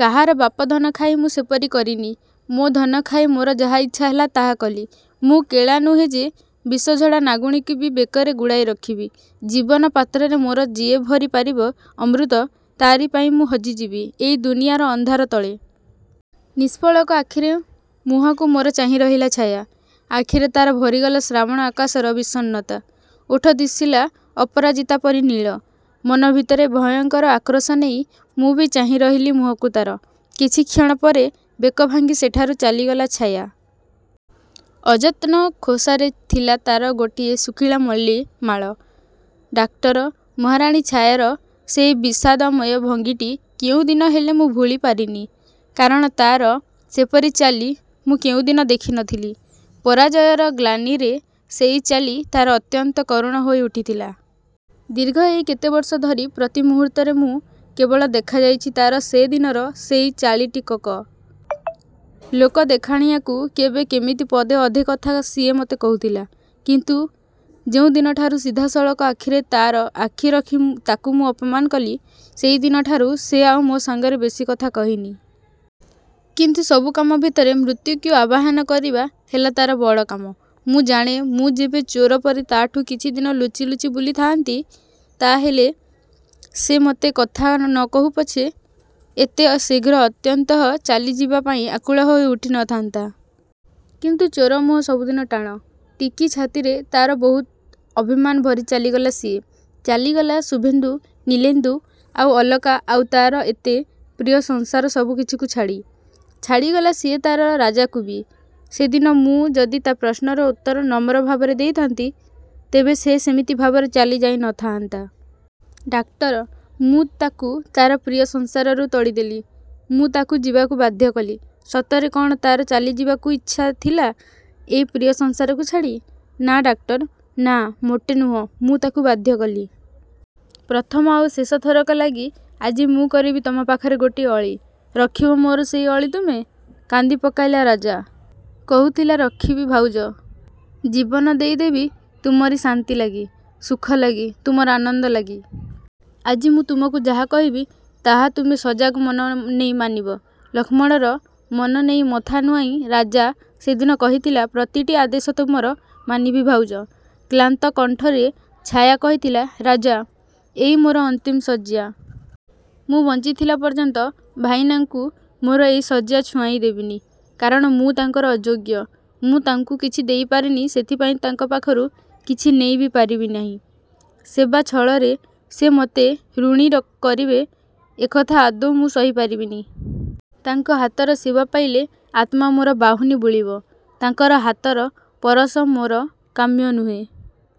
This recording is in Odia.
କାହାର ବାପଧନ ଖାଇ ମୁଁ ସେପରି କରିନି। ମୋ ଧନ ଖାଇ ମୋର ଯାହା ଇଚ୍ଛା ହେଲା ତାହା କଲି। ମୁଁ କେଳା ନୁହେଁ ଯେ, ବିଷଝଡ଼ା ନାଗୁଣୀକି ବି ବେକରେ ଗୁଡ଼ାଇ ରଖିବି। ଜୀବନ ପାତ୍ରରେ ମୋର ଯିଏ ଭରି ପାରିବ ଅମୃତ, ତା'ରି ପାଇଁ ମୁଁ ହଜିଯିବି ଏଇ ଦୁନିଆର ଅନ୍ଧାର ତଳେ। ନିଷ୍ପଲକ ଆଖିରେ ମୁହଁକୁ ମୋର ଚାହିଁ ରହିଲା ଛାୟା। ଆଖିରେ ତା'ର ଭରିଗଲା ଶ୍ରାବଣ ଆକାଶର ବିଷନ୍ନତା। ଓଠ ଦିଶିଲା ଅପରାଜିତା ପରି ନୀଳ। ମନ ଭିତରେ ଭୟଙ୍କର ଆକ୍ରୋଶ ନେଇ ମୁଁ ବି ଚାହିଁ ରହିଲି ମୁହଁକୁ ତା'ର। କିଛି କ୍ଷଣ ପରେ ବେକ ଭାଙ୍ଗି ସେଠାରୁ ଚାଲିଗଲା ଛାୟା। ଅଯତ୍ନ ଖୋସାରେ ଥିଲା ତା'ର ଗୋଟିଏ ଶୁଖିଲା ମଲ୍ଲୀ ମାଳ। ଡାକ୍ତର, ମହାରାଣୀ ଛାୟାର ସେଇ ବିଷାଦମୟ ଭଙ୍ଗୀଟି କେଉଁଦିନ ହେଲେ ମୁଁ ଭୁଲି ପାରିନି। କାରଣ ତା'ର ସେପରି ଚାଲି ମୁଁ କେଉଁଦିନ ଦେଖି ନଥିଲି। ପରାଜୟର ଗ୍ଳାନିରେ ସେଇ ଚାଲି ତା'ର ଅତ୍ୟନ୍ତ କରୁଣ ହୋଇ ଉଠିଥିଲା। ଦୀର୍ଘ ଏଇ କେତେ ବର୍ଷ ଧରି ପ୍ରତି ମୁହୂର୍ତ୍ତରେ ମୁଁ କେବଳ ଦେଖିଯାଇଛି ତା'ର ସେଦିନର ସେଇ ଚାଲିଟିକକ। ଲୋକ ଦେଖାଣିଆକୁ କେବେ କେମିତି ପଦେ ଅଧେ କଥା ସିଏ ମତେ କହୁଥିଲା। କିନ୍ତୁ ଯେଉଁଦିନଠାରୁ ସିଧାସଳଖ ଆଖିରେ ତା'ର ଆଖି ରଖି ତାକୁ ମୁଁ ଅପମାନ କଲି, ସେଇଦିନଠାରୁ ସେ ଆଉ ମୋ ସାଙ୍ଗରେ ବେଶୀ କଥା କହିନି। କିନ୍ତୁ ସବୁ କାମ ଭିତରେ ମୃତ୍ୟୁକୁ ଆବାହନ କରିବା ହେଲା ତା'ର ବଡ଼ କାମ। ମୁଁ ଜାଣେ ମୁଁ ଯେବେ ଚୋର ପରି ତା'ଠୁ କିଛି ଦିନ ଲୁଚି ଲୁଚି ବୁଲିଥାଆନ୍ତି, ତାହାହେଲେ ସେ ମତେ କଥା ନ କହୁ ପଛେ ଏତେ ଶୀଘ୍ର ଅନ୍ତତଃ ଚାଲି ଯିବା ପାଇଁ ଆକୁଳ ହୋଇ ଉଠି ନଥାନ୍ତା। କିନ୍ତୁ ଚୋର ମୁହଁ ସବୁଦିନ ଟାଣ। ଟିକି ଛାତିରେ ତା'ର ବହୁତ ଅଭିମାନ ଭରି ଚାଲିଗଲା ସିଏ। ଚାଲିଗଲା ଶୁଭେନ୍ଦୁ, ନୀଳେନ୍ଦୁ, ଆଉ ଅଳକା ଆଉ ତା'ର ଏତେ ପ୍ରିୟ ସଂସାର ସବୁକିଛିକୁ ଛାଡ଼ି। ଛାଡ଼ିଗଲା ସିଏ ତା'ର ରାଜାକୁ ବି। ସେଦିନ ମୁଁ ଯଦି ତା' ପ୍ରଶ୍ନର ଉତ୍ତର ନମ୍ର ଭାବରେ ଦେଇଥାଆନ୍ତି ତେବେ ସେ ସେମିତି ଭାବରେ ଚାଲି ଯାଇ ନଥାଆନ୍ତା। ଡାକ୍ତର, ମୁଁ ତାକୁ ତା'ର ପ୍ରିୟ ସଂସାରରୁ ତଡ଼ି ଦେଲି। ମୁଁ ତାକୁ ଯିବାକୁ ବାଧ୍ୟ କଲି। ସତରେ କ'ଣ ତା'ର ଚାଲି ଯିବାକୁ ଇଚ୍ଛା ଥିଲା ଏଇ ପ୍ରିୟ ସଂସାରକୁ ଛାଡ଼ି! ନା ଡାକ୍ତର, ନା, ମୋଟେ ନୁହେଁ। ମୁଁ ତାକୁ ବାଧ୍ୟ କଲି। ପ୍ରଥମ ଆଉ ଶେଷ ଥରକ ଲାଗି ଆଜି ମୁଁ କରିବି ତୁମ ପାଖରେ ଗୋଟିଏ ଅଳି। ରଖିବ ମୋର ସେଇ ଅଳି ତୁମେ? କାନ୍ଦି ପକାଇଥିଲା ରାଜା। କହୁଥିଲା ରଖିବି ଭାଉଜ। ଜୀବନ ଦେଇ ଦେବି ତୁମରି ଶାନ୍ତି ଲାଗି, ସୁଖ ଲାଗି, ତୁମର ଆନନ୍ଦ ଲାଗି। ଆଜି ମୁଁ ତୁମକୁ ଯାହା କହିବି, ତାହା ତୁମେ ସଜାଗ ମନ ନେଇ ମାନିବ। ଲକ୍ଷ୍ମଣର ମନ ନେଇ ମଥା ନୁଆଁଇ ରାଜା ସେଦିନ କହିଥିଲା ପ୍ରତିଟି ଆଦେଶ ତୁମର ମାନିବି ଭାଉଜ। କ୍ଳାନ୍ତ କଣ୍ଠରେ ଛାୟା କହିଥିଲା ରାଜା! ଏଇ ମୋର ଅନ୍ତିମ ଶଯ୍ୟା। ମୁଁ ବଞ୍ଚିଥିଲା ପର୍ଯ୍ୟନ୍ତ ଭାଇନାଙ୍କୁ ମୋର ଏଇ ଶଯ୍ୟା ଛୁଆଁଇ ଦେବନି। କାରଣ ମୁଁ ତାଙ୍କର ଅଯୋଗ୍ୟ। ମୁଁ ତାଙ୍କୁ କିଛି ଦେଇ ପାରିନି ସେଥିପାଇଁ ତାଙ୍କ ପାଖରୁ କିଛି ନେଇ ବି ପାରିବି ନାହିଁ। ସେବା ଛଳରେ ସେ ମତେ ଋଣୀ କରିବେ ଏକଥା ଆଦୌ ମୁଁ ସହି ପାରିବିନି। ତାଙ୍କ ହାତର ସେବା ପାଇଲେ ଆତ୍ମା ମୋର ବାହୁନି ବୁଲିବ। ତାଙ୍କର ହାତର ପରଶ ମୋର କାମ୍ୟ ନୁହେଁ।